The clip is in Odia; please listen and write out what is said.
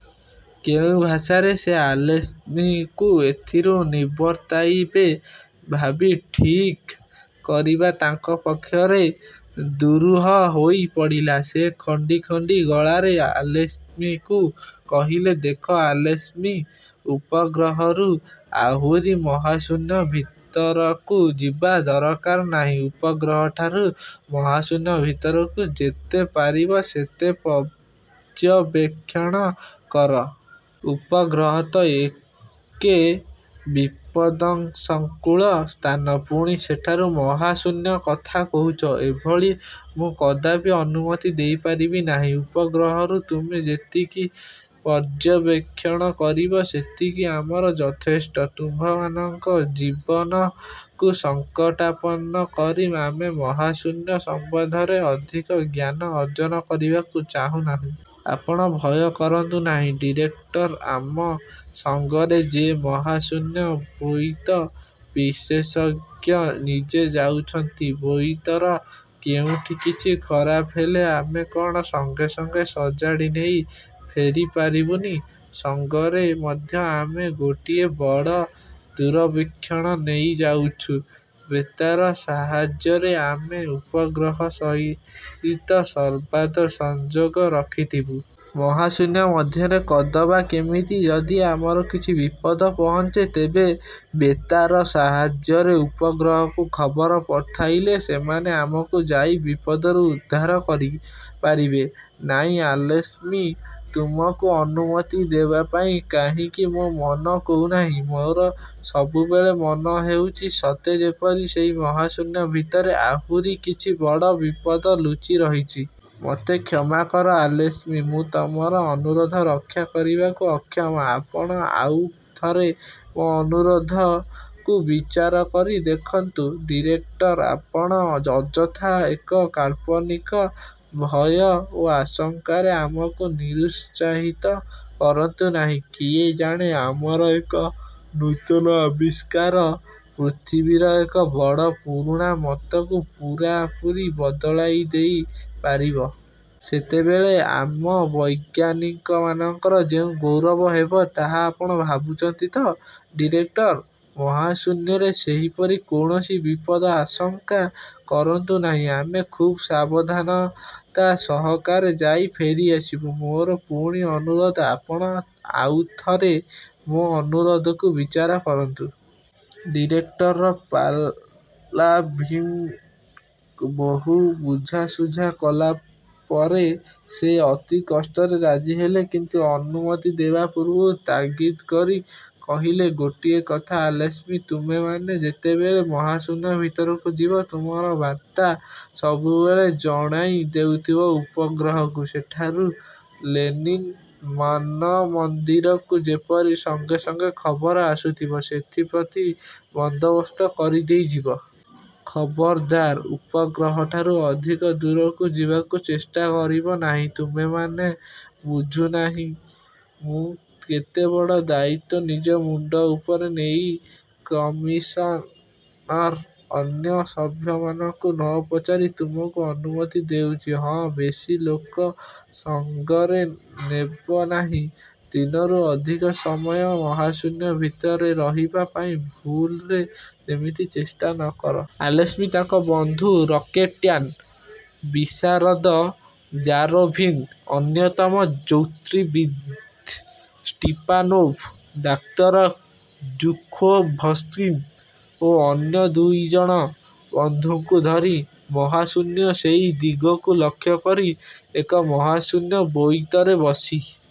କେଉଁ ଭାଷାରେ ସେ ଆଲେସ୍କିଙ୍କୁ ଏଥିରୁ ନିବର୍ତ୍ତାଇବେ ଭାବି ଠିକ୍ କରିବା ତାଙ୍କ ପକ୍ଷରେ ଦୂରୁହ ହୋଇ ପଡ଼ିଲା। ସେ ଖଣ୍ଡି ଖଣ୍ଡି ଗଳାରେ ଆଲେସ୍କିଙ୍କୁ କହିଲେ, ''ଦେଖ ଆଲେସ୍କି, ଉପଗ୍ରହରୁ ଆହୁରି ମହାଶୂନ୍ୟ ଭିତରକୁ ଯିବା ଦରକାର ନାହିଁ। ଉପଗ୍ରହଠାରୁ ମହାଶୂନ୍ୟ ଭିତରକୁ ଯେତେ ପାରିବେ ସେତେ ପର୍ଯ୍ୟବେକ୍ଷଣ କର-। ଉପଗ୍ରହ ତ ଏକେ ବିପଦସଂକୁଳ ସ୍ଥାନ; ପୁଣି ସେଠାରୁ ମହାଶୂନ୍ୟ କଥା କହୁଛ, ଏଭଳି ମୁଁ କଦାପି ଅନୁମତି ଦେଇପାରିବି ନାହିଁ। ଉପଗ୍ରହରୁ ତୁମେ ଯେତିକି ପର୍ଯ୍ୟବେକ୍ଷଣ କରିବ, ସେତିକି ଆମର ଯଥେଷ୍ଟ। ତୁମ୍ଭମାନଙ୍କ ଜୀବନକୁ ସଂକଟାପନ୍ନ କରି ଆମେ ମହାଶୂନ୍ୟ ସମ୍ବନ୍ଧରେ ଅଧିକ ଜ୍ଞାନ ଅର୍ଜନ କରିବାକୁ ଚାହୁଁ ନାହିଁ। '' ''ଆପଣ ଭୟ କରନ୍ତୁ ନାହିଁ ଡିରେକ୍ଟର! ଆମ ସଙ୍ଗରେ ଯେ ମହାଶୂନ୍ୟ–ବୋଇତ–ବିଶେଷଜ୍ଞ ନିଜେ ଯାଉଛନ୍ତି। ବୋଇତର କେଉଠିଁ କିଛି ଖରାପ ହେଲେ ଆମେ କ'ଣ ସଙ୍ଗେ ସଙ୍ଗେ ସଜାଡ଼ି ନେଇ ଫେରିପାରିବୁନି? ସଙ୍ଗରେ ମଧ୍ୟ ଆମେ ଗୋଟିଏ ବଡ଼ ଦୂରବୀକ୍ଷଣ ନେଇ ଯାଉଛୁଁ-। ବେତାର ସାହାଯ୍ୟରେ ଆମେ ଉପଗ୍ରହ ସହିତ ସର୍ବଦା ସଂଯୋଗ ରଖିଥିବୁଁ। ମହାଶୂନ୍ୟ ମଧ୍ୟରେ କଦବା କେମିତି ଯଦି ଆମର କିଛି ବିପଦ ପହଞ୍ଚେ, ତେବେ ବେତାର ସାହାଯ୍ୟରେ ଉପଗ୍ରହକୁ ଖବର ପଠାଇଲେ ସେମାନେ ଆମକୁ ଯାଇ ବିପଦରୁ ଉଦ୍ଧାର କରି ପାରିବେ। '' ''ନାଇଁ ଆଲେସ୍କି! ତୁମକୁ ଅନୁମତି ଦେବାପାଇଁ କାହିଁକି ମୋ ମନ କହୁନାହିଁ। ମୋର ସବୁବେଳେ ମନେ ହେଉଛି, ସତେ ଯେପରି ସେହି ମହାଶୂନ୍ୟ ଭିତରେ ଆହୁରି କିଛି ବଡ଼ ବିପଦ ଲୁଚିରହିଛି। ମୋତେ କ୍ଷମାକର ଆଲେସ୍କି! ମୁଁ ତମର ଅନୁରୋଧ ରକ୍ଷା କରିବାକୁ ଅକ୍ଷମ। '' ଆପଣ ଆଉ ଥରେ ମୋ ଆନୁରୋଧକୁ ବିଚାର କରି ଦେଖନ୍ତୁ ଡିରେକ୍ଟର! ଆପଣ ଅଯଥା ଏକ କାଳ୍ପନିକ ଭୟ ଓ ଆଶଙ୍କାରେ ଆମକୁ ନିରୁତ୍ସାହିତ କରନ୍ତୁ ନାହିଁ। କିଏ ଜାଣେ ଆମର ଏହି ନୂତନ ଆବିଷ୍କାର ପୃଥିବୀର ଏକ ବଡ଼ ପୁରୁଣା ମତକୁ ପୂରାପୂରି ବଦଳାଇଦେଇ ପାରିବ। ସେତେବେଳେ ଆମ ବୈଜ୍ଞାନିକମାନଙ୍କର ଯେଉଁ ଗୌରବ ହେବ, ତାହା ଆପଣା ଭାବୁଛନ୍ତି ତ ଡିରେକ୍ଟର? ମହାଶୂନ୍ୟରେ ସେପରି କୌଣସି ବିପଦ ଆଶଙ୍କା କରନ୍ତୁ ନାହିଁ। ଆମେ ଖୁବ୍ ସାବଧାନତା ସହକାରେ ଯାଇ ଫେରିଆସିବୁ। ମୋର ପୁଣି ଅନୁରୋଧ, ''ଆପଣ ଆଉ ଥରେ ମୋ ଅନୁରୋଧକୁ ବିଚାର କରନ୍ତୁ। '' ଡିରେକ୍ଟର ପାଲାଭିନ୍ଙ୍କୁ ବହୁ ବୁଝାସୁଝା କଲାପରେ ସେ ଅତି କଷ୍ଟରେ ରାଜି ହେଲେ; କିନ୍ତୁ ଅନୁମତି ଦେବା ପୂର୍ବରୁ ତାଗିଦ୍ କରି କହିଲେ, ''ଗୋଟିଏ କଥା ଆଲେସ୍କି! ତୁମ୍ଭେମାନେ ଯେତେବେଳେ ମହାଶୂନ୍ୟ ଭିତରକୁ ଯିବ, ତୁମର ବାର୍ତ୍ତା ସବୁବେଳେ ଜଣାଇ ଦେଉଥିବ ଉପଗ୍ରହକୁ-। ସେଠାରୁ ଲେନିନ୍ ମାନମନ୍ଦିରକୁ ଯେପରି ସଙ୍ଗେ ସଙ୍ଗେ ଖବର ଆସୁଥିବ, ସେଥିପ୍ରତି ବନ୍ଦୋବସ୍ତ କରିଦେଇ ଯିବ। ଖବରଦାର, ଉପଗ୍ରହଠାରୁ ଅଧିକ ଦୂରକୁ ଯିବାକୁ ଚେଷ୍ଟା କରିବ ନାହିଁ-। ତୁମ୍ଭେମାନେ ବୁଝୁନାହଁ, ମୁଁ କେତେ ବଡ଼ ଦାୟିତ୍ୱ ନିଜ ମୁଣ୍ଡ ଉପରେ ନେଇ କମିଶନ୍ର ଅନ୍ୟ ସଭ୍ୟମାନଙ୍କୁ ନ ପଚାରି ତୁମକୁ ଅନୁମତି ଦେଉଛି। ହଁ, ବେଶି ଲୋକ ସଙ୍ଗରେ ନେବ ନାହିଁ। ଦିନରୁ ଅଧିକ ସମୟ ମହାଶୂନ୍ୟ ଭିତରେ ରହିବା ପାଇଁ ଭୁଲରେ ଯେମିତି ଚେଷ୍ଟା ନ କର। '' ଆଲେସ୍କି, ତାଙ୍କ ବନ୍ଧୁ ରକେଟ୍ଯାନ–ବିଶାରଦ ଜାରୋଭିନ୍, ଅନ୍ୟତମ ଜ୍ୟୋତିର୍ବିତ୍ ଷ୍ଟିପାନୋଭ, ଡାକ୍ତର ଜୁଖୋଭସ୍କି ଓ ଅନ୍ୟ ଦୁଇଜଣ ବନ୍ଧୁଙ୍କୁ ଧରି ମହାଶୂନ୍ୟର ସେଇ ଦିଗକୁ ଲକ୍ଷ୍ୟକରି ଏକ ମହାଶୂନ୍ୟ ବୋଇତରେ ବସି